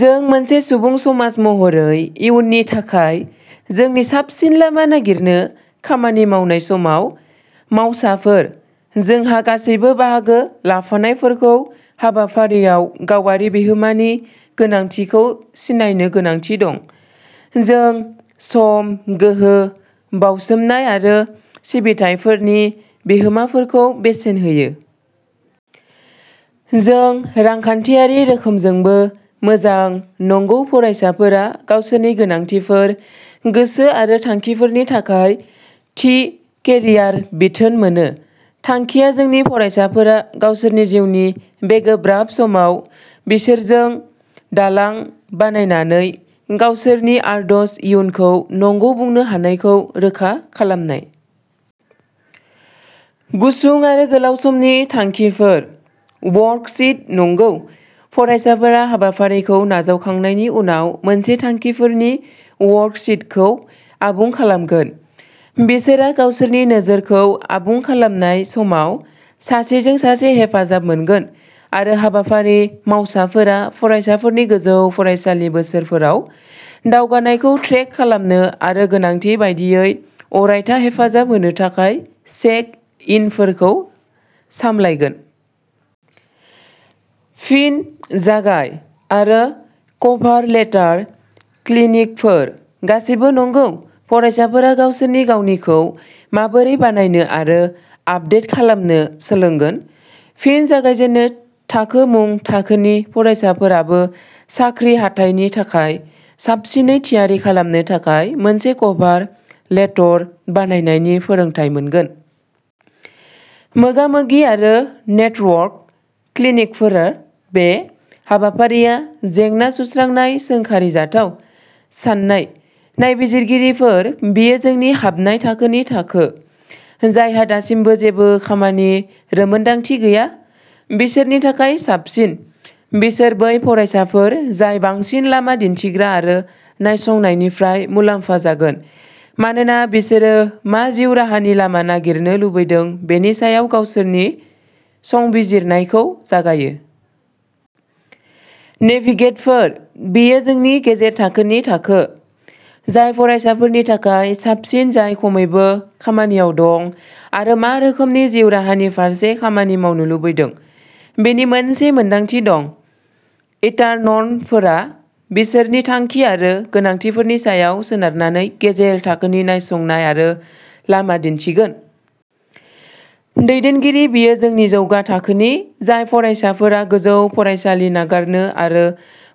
जों मोनसे सुबुं समाज महरै इयुननि थाखाय जोंनि साबसिन लामा नागिरनो खामानि मावनाय समाव मावसाफोर। जोंहा गासिबो बाहागो लाफानायफोरखौ हाबाफारियाव गावारि बिहोमानि गोनांथिखौ सिनायनो गोनांथि दं। जों सम, गोहो, बाउसोमनाय आरो सिबिथाइफोरनि बिहोमाफोरखौ बेसेन होयो। जों रांखान्थियारि रोखोमजोंबो मोजां। नंगौ फरायसाफोरा गावसोरनि गोनांथिफोर, गोसो आरो थांखिफोरनि थाखाय थि केरियार बिथोन मोनो। थांखिया जोंनि फरायसाफोरा गावसोरनि जिउनि बे गोब्राब समाव बिसोरजों दालां बानायनानै गावसोरनि आदर्श इयुनखौ नंगौ बुंनो हानायखौ रोखा खालामनाय। गुसुं आरो गोलाव समनि थांखिफोर वर्कशीट नंगौ फरायसाफोरा हाबाफारिखौ नाजावखांनायनि उनाव मोनसे थांखिफोरनि वर्कशीटखौ आबुं खालामगोन। बिसोरहा गावसोरनि नोजोरखौ आबुं खालामनाय समाव सासेजों सासे हेफाजाब मोनगोन, आरो हाबाफारि मावसाफोरा फरायसाफोरनि गोजौ फरायसालि बोसोरफोराव दावगानायखौ ट्रेक खालामनो आरो गोनांथि बायदियै अरायथा हेफाजाब होनो थाखाय चेक इनफोरखौ सामलायगोन। फिन जागाय आरो कभार लेटार क्लिनिकफोर गासिबो नंगौ फरायसाफोरा गावसोरनि गावनिखौ माबोरै बानायनो आरो आपदेट खालामनो सोलोंगोन। फिन जागायजेनो थाखो मुं थाखोनि फरायसाफोराबो साख्रि हाथाइनि थाखाय साबसिनै थियारि खालामनो थाखाय मोनसे कभार लेटर बानायनायनि फोरोंथाय मोनगोन। मोगा-मोगि आरो नेटवर्क क्लिनिकफोर बे हाबाफारिया जेंना सुस्रांनाय सोंखारिजाथाव साननाय। नायबिजिरगिरिफोर बेयो जोंनि हाबनाय थाखोनि थाखो, जायहा दासिमबो जेबो खामानि रोंमोन्दांथि गैया बिसोरनि थाखाय साबसिन। बिसोर बै फरायसाफोर जाय बांसिन लामा दिन्थिग्रा आरो नायसंनायनिफ्राय मुलाम्फा जागोन मानोना बिसोरो मा जिउ राहानि लामा नागिरनो लुबैदों बेनि सायाव गावसोरनि संबिजिरनायखौ जागायो। नेभिगेटरफोर बेयो जोंनि गेजेर थाखोनि थाखो, जाय फरायसाफोरनि थाखाय साबसिन जाय खमैबो खामानियाव दं आरो मा रोखोमनि जिउ राहानि फारसे खामानि मावनो लुबैदों बेनि मोनसे मोनदांथि दं। इन्टार्ननफोरहा बिसोरनि थांखि आरो गोनांथिफोरनि सायाव सोनारनानै गेजेर थाखोनि नायसंनाय आरो लामा दिन्थिगोन। दैदेनगिरि बेयो जोंनि जौगा थाखोनि, जाय फरायसाफोरा गोजौ फरायसालि नागारनो आरो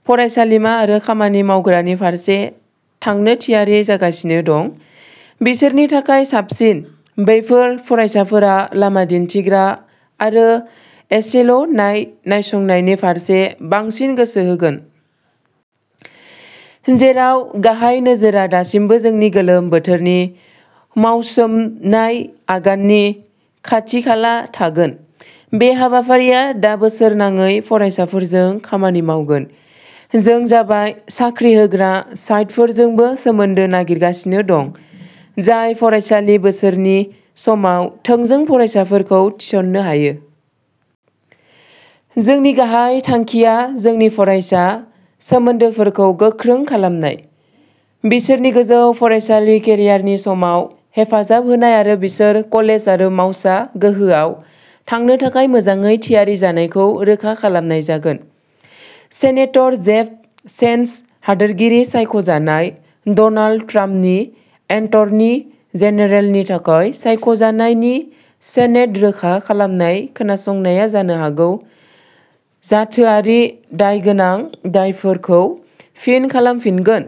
फरायसालिमा आरो खामानि मावग्रानि फारसे थांनो थियारि जागासिनो दं बिसोरनि थाखाय साबसिन। बेफोर फरायसाफोरा लामा दिन्थिग्रा आरो एसेल'नाय नायसंनायनि फारसे बांसिन गोसो होगोन। जेराव गाहाय नोजोरआ दासिमबो जोंनि गोलोम बोथोरनि मावसोमनाय आगाननि खाथि खाला थागोन, बे हाबाफारिया दा बोसोरनाङै फरायसाफोरजों खामानि मावगोन। जों जाबाय साख्रि होग्रा साइटफोरजोंबो सोमोन्दो नागिरगासिनो दं, जाय फरायसालि बोसोरनि समाव थोंजों फरायसाफोरखौ थिसननो हायो। जोंनि गाहाय थांखिया जोंनि फरायसा सोमोन्दोफोरखौ गोख्रों खालामनाय, बिसोरनि गोजौ फरायसालि केरियारनि समाव हेफाजाब होनाय आरो बिसोर कलेज आरो मावसा गोहोआव थांनो थाखाय मोजाङै थियारि जानायखौ रोखा खालामनाय जागोन। सेनेटर जेफ सेन्स, हादोरगिरि-सायख' जानाय डनाल्ड ट्राम्पनि एटर्नी जेनेरेलनि थाखाय सायख' जानाय, नि सेनेट रोखा खालामनाय खोनासंनाया जानो हागौ जाथोआरि दायगोनां दायफोरखौ फिन खालामफिनगोन,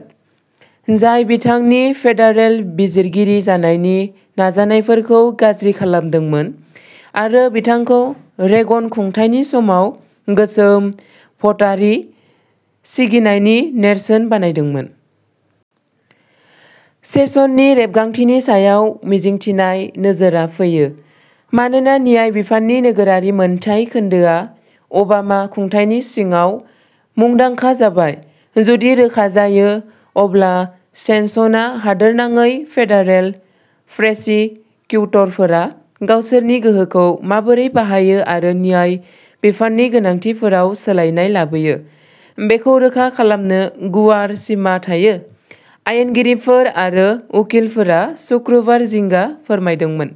जाय बिथांनि फेडारेल बिजिरगिरि जानायनि नाजानायफोरखौ गाज्रि खालामदोंमोन आरो बिथांखौ रेगन खुंथायनि समाव गोसोम भटारि सिगिनायनि नेरसोन बानायदोंमोन। सेसननि रेबगांथिनि सायाव मिजिंथिनाय नोजोरआ फैयो मानोना न्याय बिफाननि नोगोरारि मोनथाय खोन्दोआ अबामा खुंथायनि सिङाव मुंदांखा जाबाय। जुदि रोखा जायो, अब्ला सेसनहा हादोरनाङै फेडारेल प्रसिकिउटरफोरा गावसोरनि गोहोखौ माबोरै बाहायो आरो न्याय बिफाननि गोनांथिफोराव सोलायनाय लाबोयो बेखौ रोखा खालामनो गुवार सिमा थायो। आयेनगिरिफोर आरो उकिलफोरा सुक्रुबार जिंगा फोरमायदोंमोन।